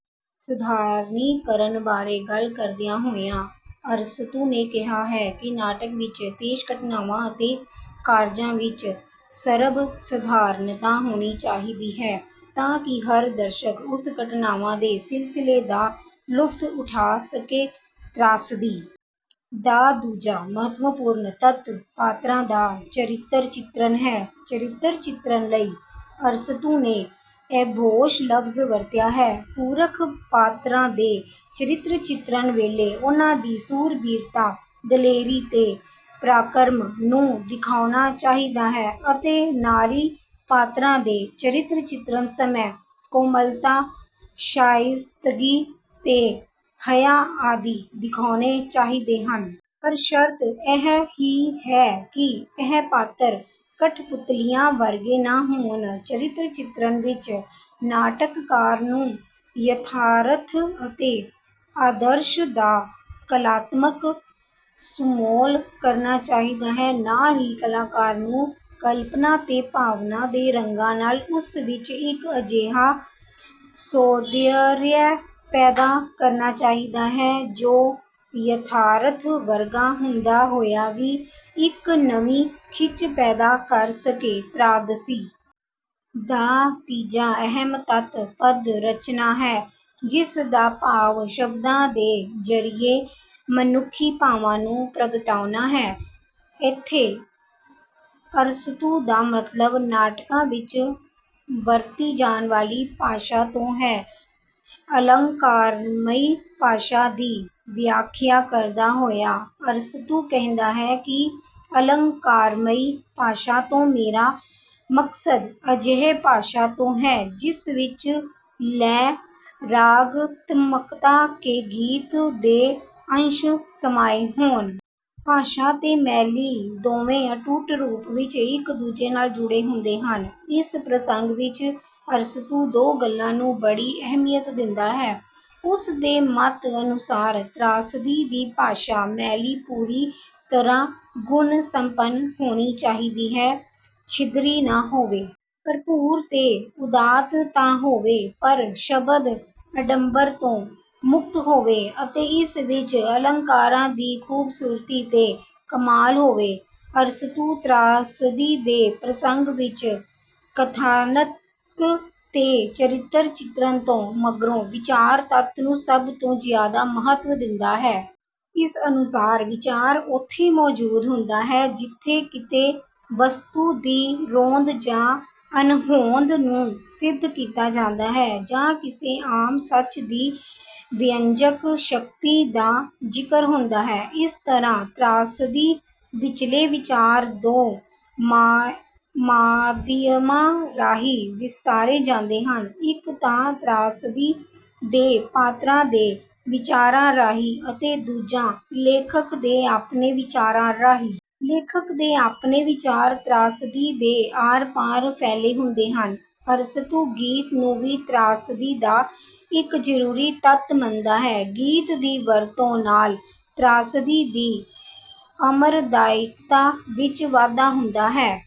ਸਧਾਰਨੀਕਰਣ ਬਾਰੇ ਗੱਲ ਕਰਦਿਆਂ ਹੋਇਆਂ ਅਰਸਤੂ ਨੇ ਕਿਹਾ ਹੈ ਕਿ ਨਾਟਕ ਵਿੱਚ ਪੇਸ਼ ਘਟਨਾਵਾਂ ਅਤੇ ਕਾਰਜਾਂ ਵਿੱਚ ਸਰਬਸਧਾਰਨਤਾ ਹੋਣੀ ਚਾਹੀਦੀ ਹੈ, ਤਾਂ ਕਿ ਹਰ ਦਰਸ਼ਕ ਉਸ ਘਟਨਾਵਾਂ ਦੇ ਸਿਲਸਿਲੇ ਦਾ ਲੁਫ਼ਤ ਉਠਾ ਸਕੇ। ਤ੍ਰਾਸਦੀ ਦਾ ਦੂਜਾ ਮਹੱਤਵਪੂਰਨ ਤੱਤ ਪਾਤਰਾਂ ਦਾ ਚਰਿੱਤਰ ਚਿਤਰਨ ਹੈ। ਚਰਿੱਤਰ ਚਿੱਤਰਣ ਲਈ ਅਰਸਤੂ ਨੇ 'ਏਥੋਸ' ਲਫ਼ਜ਼ ਵਰਤਿਆ ਹੈ। ਪੁਰਖ ਪਾਤਰਾਂ ਦੇ ਚਰਿੱਤਰ ਚਿਤਰਨ ਵੇਲੇ ਉਨ੍ਹਾਂ ਦੀ ਸੂਰਬੀਰਤਾ, ਦਲੇਰੀ ਤੇ ਪ੍ਰਾਕਰਮ ਨੂੰ ਦਿਖਾਉਣਾ ਚਾਹੀਦਾ ਹੈ ਅਤੇ ਨਾਰੀ ਪਾਤਰਾਂ ਦੇ ਚਰਿੱਤਰ ਚਿਤਰਨ ਸਮੇਂ ਕੋਮਲਤਾ, ਸ਼ਾਇਸਤਗੀ ਤੇ ਹਯਾ ਆਦਿ ਦਿਖਾਉਣੇ ਚਾਹੀਦੇ ਹਨ। ਪਰ ਸ਼ਰਤ ਇਹ ਵੀ ਹੈ ਕਿ ਇਹ ਪਾਤਰ ਕਠਪੁਤਲੀਆਂ ਵਰਗੇ ਨਾ ਹੋਣ। ਚਰਿੱਤਰ ਚਿਤਰਨ ਵਿੱਚ ਨਾਟਕਕਾਰ ਨੂੰ ਯਥਾਰਥ ਅਤੇ ਆਦਰਸ਼ ਦਾ ਕਲਾਤਮਕ ਸੁਮੇਲ ਕਰਨਾ ਚਾਹੀਦਾ ਹੈ; ਨਾਲ ਹੀ ਕਲਾਕਾਰ ਨੂੰ ਕਲਪਨਾ ਤੇ ਭਾਵਨਾ ਦੇ ਰੰਗਾਂ ਨਾਲ ਉਸ ਵਿੱਚ ਇੱਕ ਅਜਿਹਾ ਸੌਂਦਰਯ ਪੈਦਾ ਕਰਨਾ ਚਾਹੀਦਾ ਹੈ ਜੋ ਯਥਾਰਥ ਵਰਗਾ ਹੁੰਦਾ ਹੋਇਆ ਵੀ ਇੱਕ ਨਵੀਂ ਖਿੱਚ ਪੈਦਾ ਕਰ ਸਕੇ। ਤ੍ਰਾਸਦੀ ਦਾ ਤੀਜਾ ਅਹਿਮ ਤੱਤ ਪਦ-ਰਚਨਾ ਹੈ, ਜਿਸ ਦਾ ਭਾਵ ਸ਼ਬਦਾਂ ਦੇ ਜ਼ਰੀਏ ਮਨੁੱਖੀ ਭਾਵਾਂ ਨੂੰ ਪ੍ਰਗਟਾਉਣਾ ਹੈ। ਇੱਥੇ ਅਰਸਤੂ ਦਾ ਮਤਲਬ ਨਾਟਕਾਂ ਵਿੱਚ ਵਰਤੀ ਜਾਣ ਵਾਲੀ ਭਾਸ਼ਾ ਤੋਂ ਹੈ। ਅਲੰਕਾਰਮਈ ਭਾਸ਼ਾ ਦੀ ਵਿਆਖਿਆ ਕਰਦਾ ਹੋਇਆ ਅਰਸਤੂ ਕਹਿੰਦਾ ਹੈ ਕਿ ਅਲੰਕਾਰਮਈ ਭਾਸ਼ਾ ਤੋਂ ਮੇਰਾ ਮਕਸਦ ਅਜਿਹੀ ਭਾਸ਼ਾ ਤੋਂ ਹੈ ਜਿਸ ਵਿੱਚ ਲੈਅ, ਰਾਗਾਤਮਕਤਾ ਤੇ ਗੀਤ ਦੇ ਅੰਸ਼ ਸਮਾਏ ਹੋਣ। ਭਾਸ਼ਾ ਤੇ ਸ਼ੈਲੀ ਦੋਵੇਂ ਅਟੁੱਟ ਰੂਪ ਵਿੱਚ ਇੱਕ-ਦੂਜੇ ਨਾਲ ਜੁੜੇ ਹੁੰਦੇ ਹਨ। ਇਸ ਪ੍ਰਸੰਗ ਵਿੱਚ ਅਰਸਤੂ ਦੋ ਗੱਲਾਂ ਨੂੰ ਬੜੀ ਅਹਿਮੀਅਤ ਦਿੰਦਾ ਹੈ। ਉਸ ਦੇ ਮੱਤ ਅਨੁਸਾਰ ਤ੍ਰਾਸਦੀ ਦੀ ਭਾਸ਼ਾ-ਸ਼ੈਲੀ ਪੂਰੀ ਤਰ੍ਹਾਂ ਗੁਣ-ਸੰਪੰਨ ਹੋਣੀ ਚਾਹੀਦੀ ਹੈ, ਛਿਦਰੀ ਨਾ ਹੋਵੇ। ਭਰਪੂਰ ਤੇ ਉਦਾਤ ਤਾਂ ਹੋਵੇ, ਪਰ ਸ਼ਬਦ-ਅਡੰਬਰ ਤੋਂ ਮੁਕਤ ਹੋਵੇ ਅਤੇ ਇਸ ਵਿੱਚ ਅਲੰਕਾਰਾਂ ਦੀ ਖ਼ੂਬਸੂਰਤੀ ਤੇ ਕਮਾਲ ਹੋਵੇ। ਅਰਸਤੂ ਤ੍ਰਾਸਦੀ ਦੇ ਪ੍ਰਸੰਗ ਵਿੱਚ ਕਥਾਨਕ ਤੇ ਚਰਿੱਤਰ ਚਿੱਤਰਣ ਤੋਂ ਮਗਰੋਂ ਵਿਚਾਰ ਤੱਤ ਨੂੰ ਸਭ ਤੋਂ ਜ਼ਿਆਦਾ ਮਹੱਤਵ ਦਿੰਦਾ ਹੈ। ਇਸ ਅਨੁਸਾਰ ਵਿਚਾਰ ਉੱਥੇ ਮੌਜੂਦ ਹੁੰਦਾ ਹੈ ਜਿੱਥੇ ਕਿਤੇ ਵਸਤੂ ਦੀ ਹੋਂਦ ਜਾਂ ਅਣਹੋਂਦ ਨੂੰ ਸਿੱਧ ਕੀਤਾ ਜਾਂਦਾ ਹੈ ਜਾਂ ਕਿਸੇ ਆਮ ਸੱਚ ਦੀ ਵਿਅੰਜਕ ਸ਼ਕਤੀ ਦਾ ਜ਼ਿਕਰ ਹੁੰਦਾ ਹੈ। ਇਸ ਤਰ੍ਹਾਂ ਤ੍ਰਾਸਦੀ ਵਿਚਲੇ ਵਿਚਾਰ ਦੋ ਮਾਧਿਅਮਾਂ ਰਾਹੀਂ ਵਿਸਤਾਰੇ ਜਾਂਦੇ ਹਨ ਇੱਕ ਤਾਂ ਤ੍ਰਾਸਦੀ ਦੇ ਪਾਤਰਾਂ ਦੇ ਵਿਚਾਰਾਂ ਰਾਹੀਂ ਅਤੇ ਦੂਜਾ, ਲੇਖਕ ਦੇ ਆਪਣੇ ਵਿਚਾਰਾਂ ਰਾਹੀਂ। ਲੇਖਕ ਦੇ ਆਪਣੇ ਵਿਚਾਰ ਤ੍ਰਾਸਦੀ ਦੇ ਆਰ-ਪਾਰ ਫੈਲੇ ਹੁੰਦੇ ਹਨ। ਅਰਸਤੂ ਗੀਤ ਨੂੰ ਵੀ ਤ੍ਰਾਸਦੀ ਦਾ ਇੱਕ ਜ਼ਰੂਰੀ ਤੱਤ ਮੰਨਦਾ ਹੈ। ਗੀਤ ਦੀ ਵਰਤੋਂ ਨਾਲ ਤ੍ਰਾਸਦੀ ਦੀ ਅਸਰਦਾਇਕਤਾ ਵਿੱਚ ਵਾਧਾ ਹੁੰਦਾ ਹੈ।